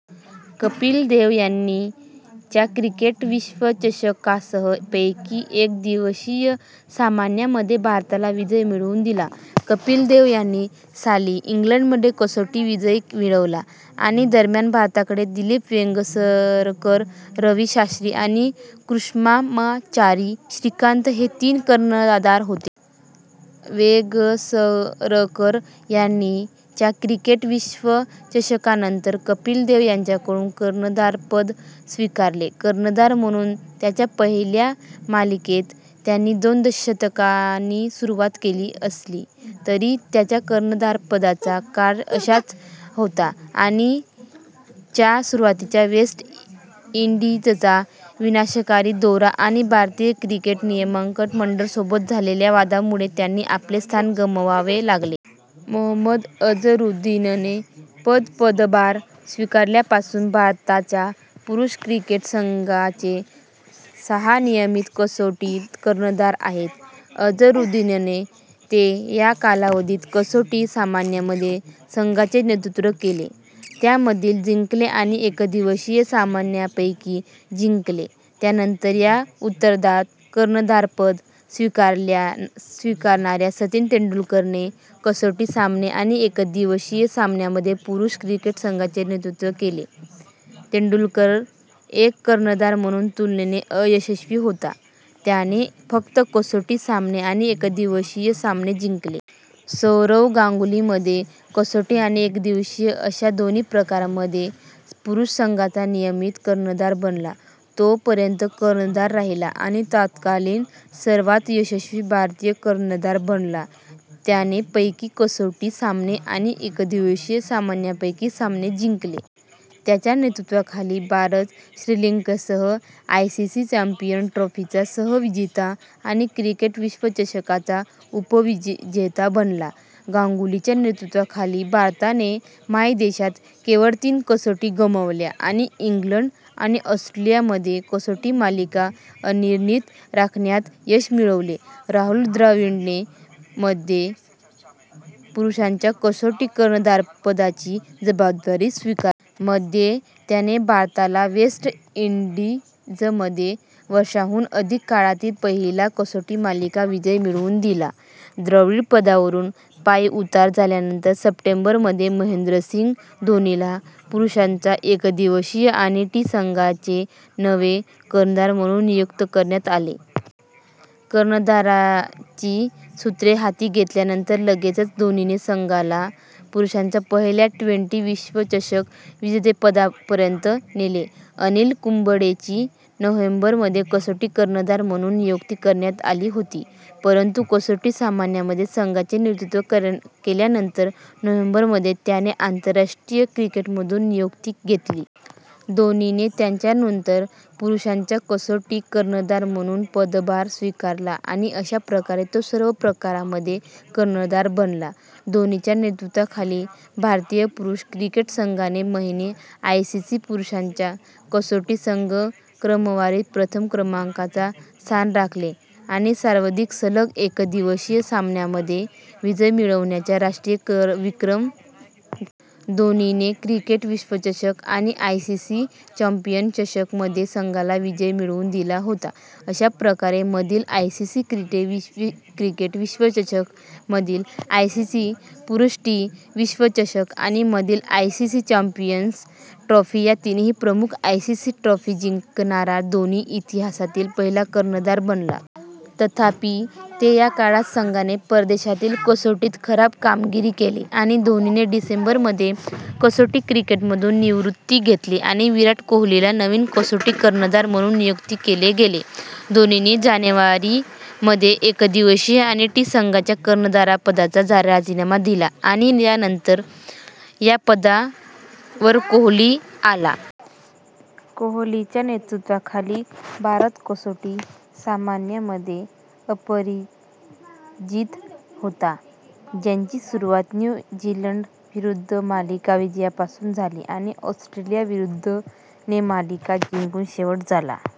कपिल देव यांनी च्या क्रिकेट विश्वचषकासह, पैकी एकदिवसीय सामन्यांमध्ये भारताला विजय मिळवून दिला. कपिल देव यांनी साली इंग्लंडमध्ये - कसोटी विजय मिळवला. - आणि - दरम्यान, भारताकडे दिलीप वेंगसरकर, रवी शास्त्री आणि कृष्णम्माचारी श्रीकांत हे तीन कर्णधार होते. वेंगसरकर यांनी च्या क्रिकेट विश्वचषकानंतर कपिल देव यांच्याकडून कर्णधारपद स्वीकारले. कर्णधार म्हणून त्याच्या पहिल्या मालिकेत त्याने दोन शतकांनी सुरुवात केली असली तरी, त्याच्या कर्णधारपदाचा काळ अशांत होता आणि च्या सुरुवातीला वेस्ट इंडीजचा विनाशकारी दौरा आणि भारतीय क्रिकेट नियामक मंडळ सोबत झालेल्या वादामुळे त्यांना आपले स्थान गमवावे लागले. मोहम्मद अझरुद्दीनने मध्ये पदभार स्वीकारल्यापासून भारताच्या पुरुष क्रिकेट संघाचे सहा नियमित कसोटी कर्णधार आहेत. अझरुद्दीनने - ते - या कालावधीत कसोटी सामन्यांमध्ये संघाचे नेतृत्व केले, त्यामधील जिंकले आणि एकदिवसीय सामन्यांपैकी जिंकले. त्यानंतर च्या उत्तरार्धात कर्णधारपद स्वीकारणाऱ्या सचिन तेंडुलकरने कसोटी सामने आणि एकदिवसीय सामन्यांमध्ये पुरुष क्रिकेट संघाचे नेतृत्व केले; तेंडुलकर एक कर्णधार म्हणून तुलनेने अयशस्वी होता, त्याने फक्त कसोटी सामने आणि एकदिवसीय सामने जिंकले.। सौरव गांगुली मध्ये कसोटी आणि एकदिवसीय अशा दोन्ही प्रकारांमध्ये पुरुष संघाचा नियमित कर्णधार बनला. तो - पर्यंत कर्णधार राहिला आणि तत्कालीन सर्वात यशस्वी भारतीय कर्णधार बनला, त्याने पैकी कसोटी सामने आणि एकदिवसीय सामन्यांपैकी सामने जिंकले. त्याच्या नेतृत्वाखाली, भारत श्रीलंकेसह आयसीसी चॅम्पियन्स ट्रॉफीचा सहविजेता आणि क्रिकेट विश्वचषकाचा उपविजेता बनला. गांगुलीच्या नेतृत्वाखाली भारताने मायदेशात केवळ तीन कसोटी गमावल्या आणि इंग्लंड आणि ऑस्ट्रेलियामध्ये कसोटी मालिका अनिर्णित राखण्यात यश मिळवले. राहुल द्रविडने मध्ये पुरुषांच्या कसोटी कर्णधारपदाची जबाबदारी स्वीकारली. मध्ये, त्याने भारताला वेस्ट इंडीजमध्ये वर्षांहून अधिक काळातील पहिला कसोटी मालिका विजय मिळवून दिला. द्रविड पदावरून पायउतार झाल्यानंतर सप्टेंबर मध्ये, महेंद्रसिंग धोनीला पुरुषांच्या एकदिवसीय आणि टी संघांचे नवे कर्णधार म्हणून नियुक्त करण्यात आले. कर्णधारपदाची सूत्रे हाती घेतल्यानंतर लगेचच धोनीने संघाला पुरुषांच्या पहिल्या ट्वेंटी विश्वचषक विजेतेपदापर्यंत नेले. अनिल कुंबळेची नोव्हेंबर मध्ये कसोटी कर्णधार म्हणून नियुक्ती करण्यात आली होती, परंतु कसोटी सामन्यांमध्ये संघाचे नेतृत्व केल्यानंतर नोव्हेंबर मध्ये त्यांने आंतरराष्ट्रीय क्रिकेटमधून निवृत्ती घेतली. धोनीने त्याच्यानंतर पुरुषांचा कसोटी कर्णधार म्हणून पदभार स्वीकारला आणि अशा प्रकारे तो सर्व प्रकारांमध्ये कर्णधार बनला. धोनीच्या नेतृत्वाखाली, भारतीय पुरुष क्रिकेट संघाने महिने आयसीसी पुरुषांच्या कसोटी संघ क्रमवारीत प्रथम क्रमांकाचे स्थान राखले आणि सर्वाधिक सलग एकदिवसीय सामन्यांमध्ये विजय मिळवण्याचा राष्ट्रीय विक्रम केला. धोनीने क्रिकेट विश्वचषक आणि आयसीसी चॅम्पियन्स चषक मध्येही संघाला विजय मिळवून दिला होता. अशा प्रकारे, मधील आयसीसी क्रिकेट विश्वचषक, मधील आयसीसी पुरुष टी विश्वचषक आणि मधील आयसीसी चॅम्पियन्स ट्रॉफी या तीनही प्रमुख आयसीसी ट्रॉफी जिंकणारा धोनी इतिहासातील पहिला कर्णधार बनला. तथापि, ते या काळात संघाने परदेशातील कसोटीत खराब कामगिरी केली आणि धोनीने डिसेंबर मध्ये कसोटी क्रिकेटमधून निवृत्ती घेतली आणि विराट कोहलीला नवीन कसोटी कर्णधार म्हणून नियुक्त केले गेले. धोनीने जानेवारी मध्ये एकदिवसीय आणि टी संघांच्या कर्णधारपदाचा राजीनामा दिला आणि त्याच्यानंतर या पदावरकोहली आला. कोहलीच्या नेतृत्वाखाली, भारत कसोटी सामन्यांमध्ये अपराजित होता, ज्याची सुरुवात न्यू झीलंड विरुद्ध - मालिका विजयापासून झाली आणि ऑस्ट्रेलियाविरुद्ध - ने मालिका जिंकून शेवट झाला.